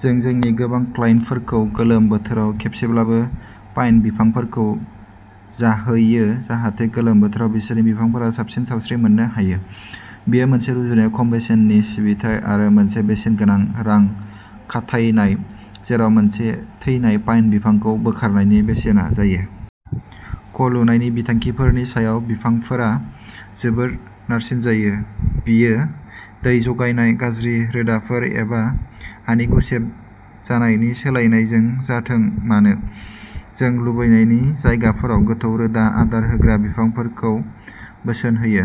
जों जोंनि गोबां क्लाइन्टफोरखौ गोलोम बोथोराव खेबसेब्लाबो पाइन बिफांफोरखौ जाहैयो जाहाथे गोलोम बोथोराव बिसोरनि बिफांफोरा साबसिन सावस्रि मोननो हायो। बेयो मोनसे रुजुनायाव खम बेसेननि सिबिथाइ आरो मोनसे बेसेनगोनां रां खाथायनाय, जेराव मोनसे थैनाय पाइन बिफांखौ बोखारनायनि बेसेना जायो। ख लुनायनि बिथांखिफोरनि समाव, बिफांफोरा जोबोद नारसिनजायो, बेयो दै जगायनाय, गाज्रि रोदाफोर एबा हानि गुसेब जानायनि सोलायनायजों जाथों मानो। जों लुबैनायनि जायगाफोराव गोथौ रोदा आदार होग्रा बिफांफोरखौ बोसोन होयो,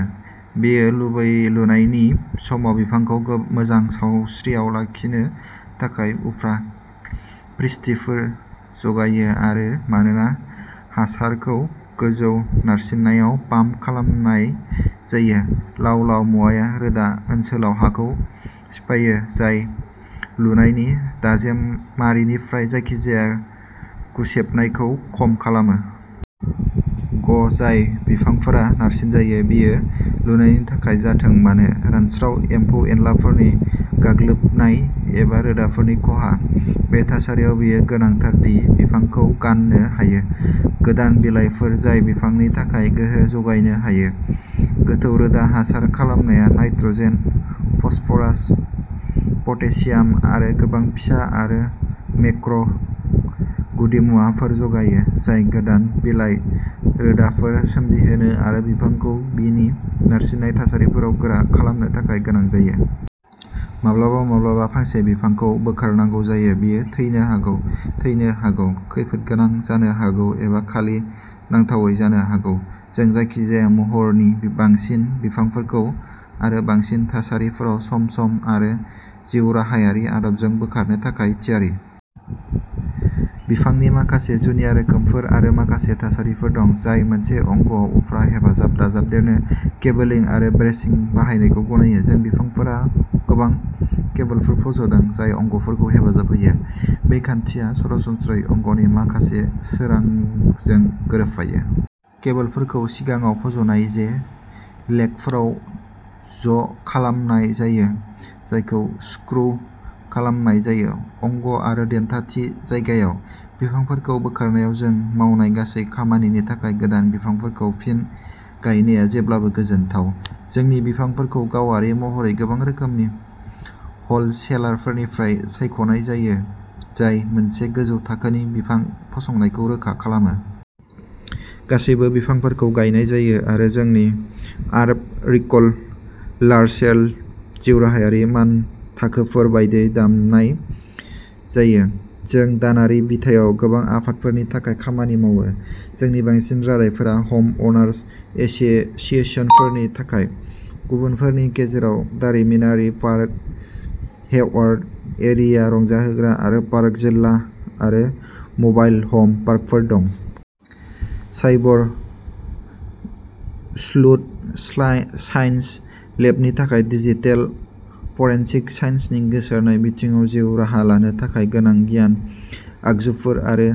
बेयो लुबै लुनायनि समाव बिफांखौ मोजां सावस्रियाव लाखिनो थाखाय उफ्रा प्रिष्टिफोर जगायो आरो, मानोना हासारखौ गोजौ नारसिननायाव पाम्प खालामनाय जायो, लाव-लाव मुवाया रोदा ओनसोलाव हाखौ सिफायो जाय लुनायनि दाजेमारिनिफ्राय जायखिजाया गुसेबनायखौ खम खालामो। ग जाय बिफांफोरा नारसिनजायो, बेयो लुनायनि थाखाय जाथों मानो, रानस्राव, एम्फौ-एनलाफोरनि गाग्लोबनाय एबा रोदाफोरनि खहा। बे थासारियाव बेयो गोनांथार दि बिफांखौ गाननो हायो। गोदान बिलाइफोर जाय बिफांनि थाखाय गोहो जगायनो हायो। गोथौ रोदा हासार खालामनाया नाइट्रजेन, फस्फरास, पटेसियाम आरो गोबां फिसा आरो मेक्रो गुदिमुवाफोर जगायो, जाय गोदान बिलाइ, रोदाफोर सोमजिहोनो आरो बिफांखौ बिनि नारसिननाय थासारिफोराव गोरा खालामनो थाखाय गोनां जायो। माब्लाबा माब्लाबा फांसे बिफांखौ बोखारनांगौ जायो। बेयो थैनो हागौ, थैनो हागौ, खैफोदगोनां जानो हागौ एबा खालि नांथावै जानो हागौ। जों जायखिजाया महरनि बांसिन बिफांफोरखौ आरो बांसिन थासारिफोराव सम-सम आरो जिउराहायारि आदबजों बोखारनो थाखाय थियारि। बिफांनि माखासे जुनिया रोखोमफोर आरो माखासे थासारिफोर दं, जाय मोनसे अंगआव उफ्रा हेफाजाब दाजाबदेरनो केबोलिं आरो ब्रेसिं बाहायनायखौ गनायो। जों बिफांफोराव गोबां केबोलफोर फज'दों, जाय अंगफोरखौ हेफाजाब होयो, बे खान्थिया सरासनस्रायै अंगनि माखासे सोरांजों गोरोबफायो। केबोलफोरखौ सिगाङाव फज'नाय जे लेगफोराव ज'खालामनाय जायो, जायखौ स्क्रुव खालामनाय जायो। अंग आरो देन्था थि जायगायाव। बिफांफोरखौ बोखारनायाव जों मावनाय गासै खामानिनि थाखाय गोदान बिफांफोरखौ फिन गायनाया जेब्लाबो गोजोनथाव। जोंनि बिफांफोरखौ गावारि महरै गोबां रोखोमनि हलसेलारफोरनिफ्राय सायख'नाय जायो, जाय मोनसे गोजौ थाखोनि बिफां फसंनायखौ रोखा खालामो। गासैबो बिफांफोरखौ गायनाय जायो आरो जोंनि आर्ब'रिक'लार्चेल जिउराहायारि मानथाखोफोर बायदियै दामनाय जायो। जों दानारि बिथायाव गोबां आफादफोरनि थाखाय खामानि मावो। जोंनि बांसिन रादायफोरा हम अनार्स एस'सिएशनफोरनि थाखाय। गुबुनफोरनि गेजेराव दारिमिनारि पार्क, हेवार्ड एरिया रंजाहोग्रा आरो पार्क जिल्ला आरो मबाइल हम पार्कफोर दं। साइबर स्लुथ साइन्स लेबनि थांखिया डिजिटेल फरेनसिक साइन्सनि गोसारनाय बिथिङाव जिउ राहा लानो थाखाय गोनां गियान, आगजुफोर आरो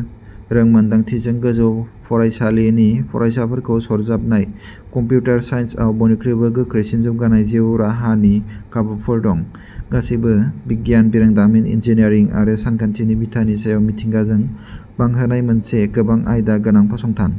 रोंमोनदांथिजों गोजौ फरायसालिनि फरायसाफोरखौ सरजाबनाय। कम्पिउटार साइन्सआव बयनिख्रुइबो गोख्रैसिन जौगानाय जिउ राहानि खाबुफोर दं। गासैबो बिगियान, बिरोंदामिन, इन्जिनियारिं आरो सानखान्थिनि बिथानि सायाव मिथिंगाजों बांहोनाय मोनसे गोबां आयदा गोनां फसंथान।